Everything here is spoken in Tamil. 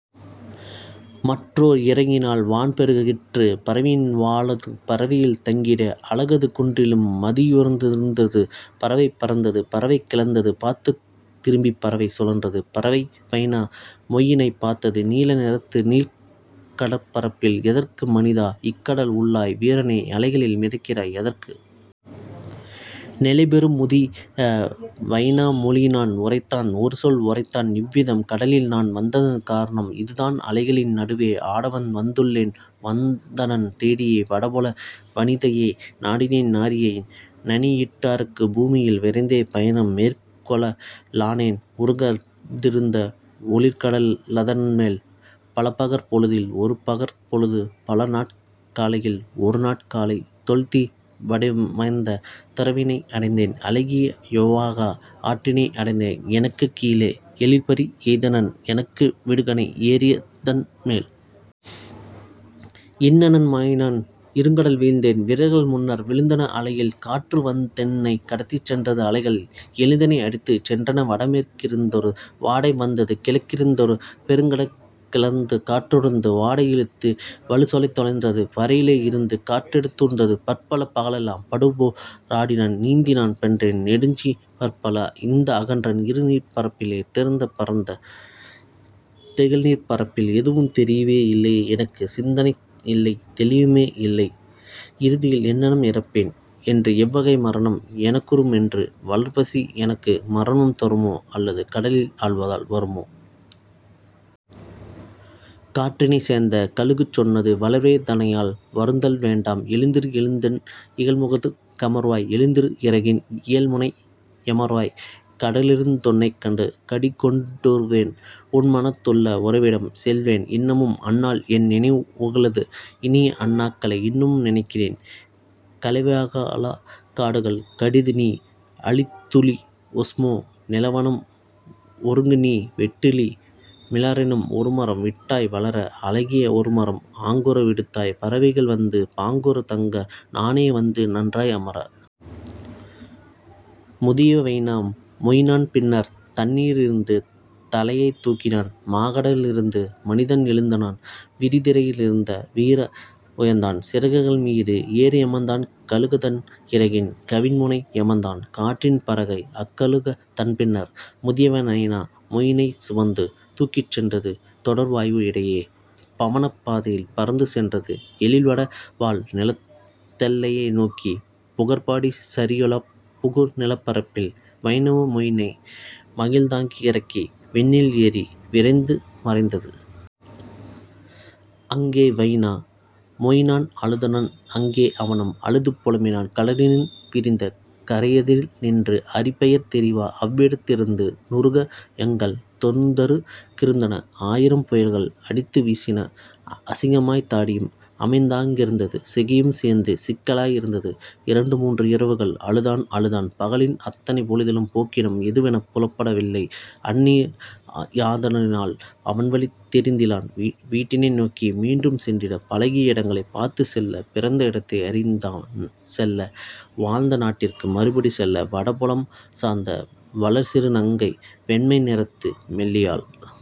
மற்றோர் இறகினால் வான்பெருக் கிற்று பறவையின் வாலது பரவையில் தங்கிட அலகது குன்றிலும் அதியுயர்ந் திருந்தது. பறவை பறந்தது, பறவை கிளர்ந்தது பார்த்துத் திரும்பிப் பறவை சுழன்றது; பறவையும் வைனா மொயினனைப் பார்த்தது நீல நிறத்து நீள்கடற் பரப்பில்: "எதற்கு மனிதா இக்கடல் உள்ளாய் வீரனே அலைகளில் மிதக்கிறாய் எதற்கு? " நிலைபெறும் முதிய வைனா மொழியினன் உரைத்தான் ஒருசொல் உரைத்தான் இவ்விதம்: "கடலில்நான் வந்ததன் காரணம் இதுதான் அலைகளின் நடுவே ஆடவன் வந்துளேன் வந்தனன் தேடியே வடபுல வனிதையை நாடினேன் நாரியை நனியிட்டாருக்கு பூமியில். விரைந்தே பயணம் மேற்கொள லானேன் உருகா திருந்த ஒளிர்கட லதன்மேல் பலபகற் பொழுதில் ஒருபகற் பொழுது பலநாட் காலையில் ஒருநாட் காலை தொல்தீ வமைந்த துரவினை அடைந்தேன் அழகிய யொவகா ஆற்றினை அடைந்தேன் எனக்குக் கீழே எழிற்பரி எய்தனன் எனக்கு விடுகணை ஏறிய தன்மேல். இங்ஙன மாய்நான் இருங்கடல் வீழ்ந்தேன் விரல்கள் முன்னர் விழுந்தன அலையில் காற்றுவந் தென்னை கடத்திச் சென்றது அலைகள் எழுந்தெனை அடித்துச் சென்றன. வடமேற் கிருந்தொரு வாடை வந்தது கிழக்கிருந் தொருபெருங் கிளர்காற் றூர்ந்தது வாடை இழுத்து வலுதொலை சென்றது கரையிலே இருந்து காற்றெடுத் தூர்ந்தது; பற்பல பகலெலாம் படுபோ ராடினேன் நீந்திநான் சென்றேன் நெடுநிசி பற்பல இந்த அகன்ற இருநீர்ப் பரப்பிலே திறந்து பரந்த திகழ்நீர்ப் பரப்பில்; எதுவும் தெரியவே யில்லை எனக்கு சிந்தனை யில்லைத் தெளிவுமே யில்லை இறுதியில் எங்ஙனம் இறப்பேன் என்று எவ்வகை மரணம் எனக்குறு மென்று வளர்பசி எனக்கு மரணம் தருமோ அல்லது கடலில் ஆழ்வதால் வருமோ? " காற்றினைச் சேர்ந்த கழுகு சொன்னது: "வளர்வே தனையால் வருந்துதல் வேண்டாம் எழுந்திரு எழுந்தென் இகல்முது கமர்வாய் எழுந்திரு இறகின் இயல்முனை யமர்வாய் கடலிருந் துன்னைக் கடிதுகொண் டூர்வேன் உன்மனத் துள்ள உறைவிடம் செல்வேன் இன்னமும் அந்நாள் என்நினை வுளது இனியஅந் நாட்களை இன்னும் நினைக்கிறேன் கலேவலாக் காடுகள் கடிதுநீ அழித்துழி ஒஸ்மோ நிலவனம் ஒருங்குநீ வெட்டுழி மிலாறெனும் ஒருமரம் விட்டாய் வளர அழகிய ஒருமரம் ஆங்குற விடுத்தாய் பறவைகள் வந்து பாங்குறத் தங்க நானே வந்து நன்றாய் அமர. " முதிய வைனா மொயினன் பின்னர் தண்ணீ ரிருந்து தலையைத் தூக்கினன் மாகட லிருந்து மனிதன் எழுந்தனன் விரிதிரை யிருந்த வீரன் உயர்ந்தான் சிறகுகள் மீது ஏறி யமர்ந்தான் கழுகதன் இறகின் கவின்முனை யமர்ந்தான். காற்றின் பறவைஅக் கழுகதன் பின்னர் முதிய வைனா மொயினைச் சுமந்து தூக்கிச் சென்றது தொடர்வாய்வு இடையே பவனப் பாதையில் பறந்து சென்றது எழில்வட பால்நிலத் தெல்லையை நோக்கி புகார்படி சரியொலாப் புகுநிலப் பரப்பில்; வைனா மொயினை மகிழ்ந்தாங் கிறக்கி விண்ணில் ஏறி விரைந்து மறைந்தது. அங்கே வைனா மொயினன் அழுதனன் அங்கே அவனும் அழுது புலம்பினன் கடலின் விரிந்த கரையதில் நின்று அறிபெயர் தெரியா அவ்விடத் திருந்து நுறுகா யங்கள் நொந்தரு கிருந்தன ஆயிரம் புயல்கள் அடித்து வீசின அசிங்கமாய்த் தாடியும் அமைந்தாங் கிருந்தது சிகையும் சேர்ந்து சிக்கலாய் இருந்தது. இரண்டு மூன்று இரவுகள் அழுதான் அழுதான் பகலின் அத்தனை பொழுதிலும் போக்கிடம் எதுவெனப் புலப்பட வில்லை அன்னிய னாதலின் அவன்வழி தெரிந்திலன் வீட்டினை நோக்கி மீண்டும் சென்றிட பழகிய இடங்களைப் பார்த்துச் செல்ல பிறந்த இடத்தை அறிந்தவன் செல்ல வாழ்ந்தநாட் டிற்கு மறுபடி செல்ல. வடபுலம் சார்ந்த வளர்சிறு நங்கை வெண்மை நிறத்து மெல்லியாள்